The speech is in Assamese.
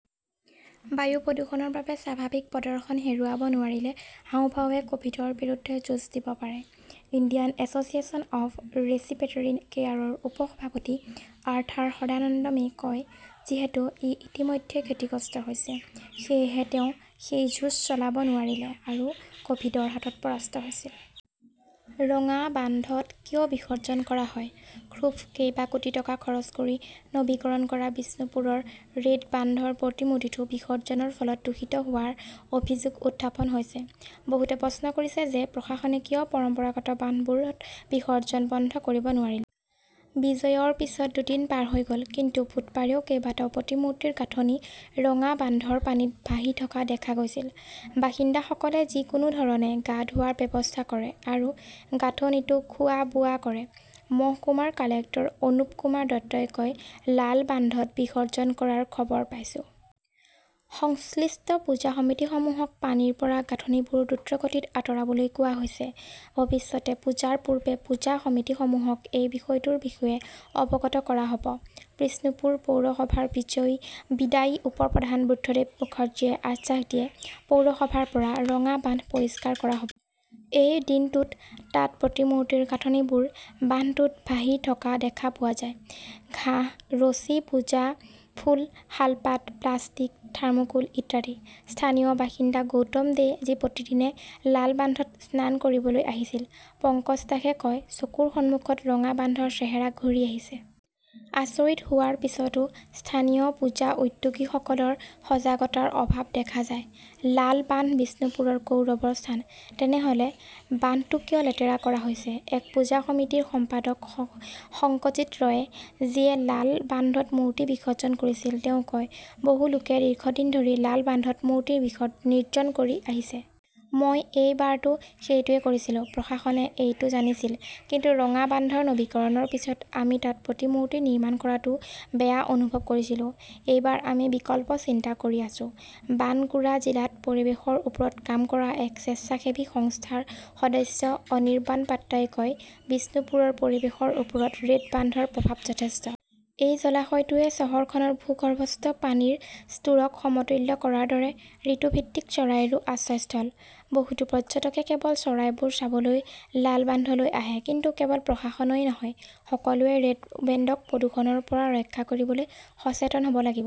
বায়ু প্ৰদূষণৰ বাবে স্বাভাৱিক প্ৰদৰ্শন হেৰুৱাব নোৱাৰিলে হাঁওফাঁওৱে কভিডৰ বিৰুদ্ধে যুঁজ দিব পাৰে, ইণ্ডিয়ান এছচিয়েশ্যন অৱ ৰেছিপ্ৰেটাৰী কেয়াৰৰ উপ-সভাপতি আৰ্থাৰ সদানন্দমে কয়। যিহেতু ই ইতিমধ্যে ক্ষতিগ্ৰস্ত হৈছে, সেয়েহে তেওঁ সেই যুঁজ চলাব নোৱাৰিলে আৰু কভিডৰ হাতত পৰাস্ত হৈছিল। ৰঙা বান্ধত কিয় বিসৰ্জন কৰা হয়, ক্ষোভ কেইবা কোটি টকা খৰচ কৰি নৱীকৰণ কৰা বিষ্ণুপুৰৰ ৰেড বান্ধৰ প্ৰতিমূৰ্তিটো বিসৰ্জনৰ ফলত দূষিত হোৱাৰ অভিযোগ উত্থাপন হৈছে। বহুতে প্ৰশ্ন কৰিছে যে প্ৰশাসনে কিয় পৰম্পৰাগত বান্ধবোৰত বিসৰ্জন বন্ধ কৰিব নোৱাৰিলে। বিজয়ৰ পিছত দুদিন পাৰ হৈ গল। কিন্তু বুধবাৰেও কেইবাটাও প্ৰতিমূৰ্তিৰ গাঁথনি ৰঙা বান্ধৰ পানীত ভাহি থকা দেখা গৈছিল। বাসিন্দাসকলে যিকোনো ধৰণে গা ধোৱাৰ ব্যৱস্থা কৰে আৰু গাঁথনিটো খোৱা-বোৱা কৰে। মহকুমা কালেক্টৰ অনুপকুমাৰ দত্তই কয়, লাল বান্ধত বিসৰ্জন কৰাৰ খবৰ পাইছো। সংশ্লিষ্ট পূজা সমিতিসমূহক পানীৰ পৰা গাঁথনিবোৰ দ্ৰুতগতিত আঁতৰাবলৈ কোৱা হৈছে। ভৱিষ্যতে পূজাৰ পূৰ্বে পূজা সমিতিসমূহক এই বিষয়টোৰ বিষয়ে অৱগত কৰা হব। বিষ্ণুপুৰ পৌৰসভাৰ বিজয়ী বিদায়ী উপ-প্ৰধান বুদ্ধদেৱ মুখাৰ্জীয়ে আশ্বাস দিয়ে, পৌৰসভাৰ পৰা ৰঙা বান্ধ পৰিষ্কাৰ কৰা হব। এই দিনটোত তাত প্ৰতিমূৰ্তিৰ গাঁথনিবোৰ বান্ধটোত ভাহি থকা দেখা পোৱা যায়, ঘাঁহ। ৰছী, পূজা ফুল, শালপাত, প্লাষ্টিক, থাৰ্মোকোল ইত্যাদি। স্থানীয় বাসিন্দা গৌতম দে, যি প্ৰতিদিনে লাল বান্ধত স্নান কৰিবলৈ আহিছিল, পঙ্কজ দাসে কয়, চকুৰ সন্মুখত ৰঙা বান্ধৰ চেহেৰা ঘূৰি আহিছে। আচৰিত হোৱাৰ পিছতো স্থানীয় পূজা উদ্যোগীসকলৰ সজাগতাৰ অভাৱ দেখা যায়, লাল বান্ধ বিষ্ণুপুৰৰ গৌৰৱৰ স্থান। তেনেহলে বান্ধটো কিয় লেতেৰা কৰা হৈছে? এক পূজা সমিতিৰ সম্পাদক শংকজিৎ ৰয়ে, যিয়ে লাল বান্ধত মূৰ্তি বিসৰ্জন কৰিছিল, তেওঁ কয়, বহু লোকে দীৰ্ঘদিন ধৰি লাল বান্ধত মূৰ্তি নিৰ্জন কৰি আহিছে। মই এই বাৰতো সেইটোৱেই কৰিছিলো। প্ৰশাসনে এইটো জানিছিল। কিন্তু ৰঙা বান্ধৰ নৱীকৰণৰ পিছত আমি তাত প্ৰতিমূৰ্তি নিৰ্মাণ কৰাটোও বেয়া অনুভৱ কৰিছিলো। এইবাৰ আমি বিকল্প চিন্তা কৰি আছো। বানকুৰা জিলাত পৰিৱেশৰ ওপৰত কাম কৰা এক স্বেচ্ছাসেৱী সংস্থাৰ সদস্য অনিৰবন পাত্ৰাই কয়, বিষ্ণুপুৰৰ পৰিৱেশৰ ওপৰত ৰেড বান্ধৰ প্ৰভাৱ যথেষ্ট। এই জলাশয়টোৱে চহৰখনৰ ভূগৰ্ভস্থ পানীৰ স্তৰক সমতুল্য কৰাৰ দৰে ঋতুভিত্তিক চৰাইৰো আশ্ৰয়স্থল। বহুতো পৰ্যটকে কেৱল চৰাইবোৰ চাবলৈ লাল বান্ধলৈ আহে। কিন্তু কেৱল প্ৰশাসনই নহয়, সকলোৱে ৰেড বেণ্ডক প্ৰদূষণৰ পৰা ৰক্ষা কৰিবলৈ সচেতন হ 'ব লাগিব।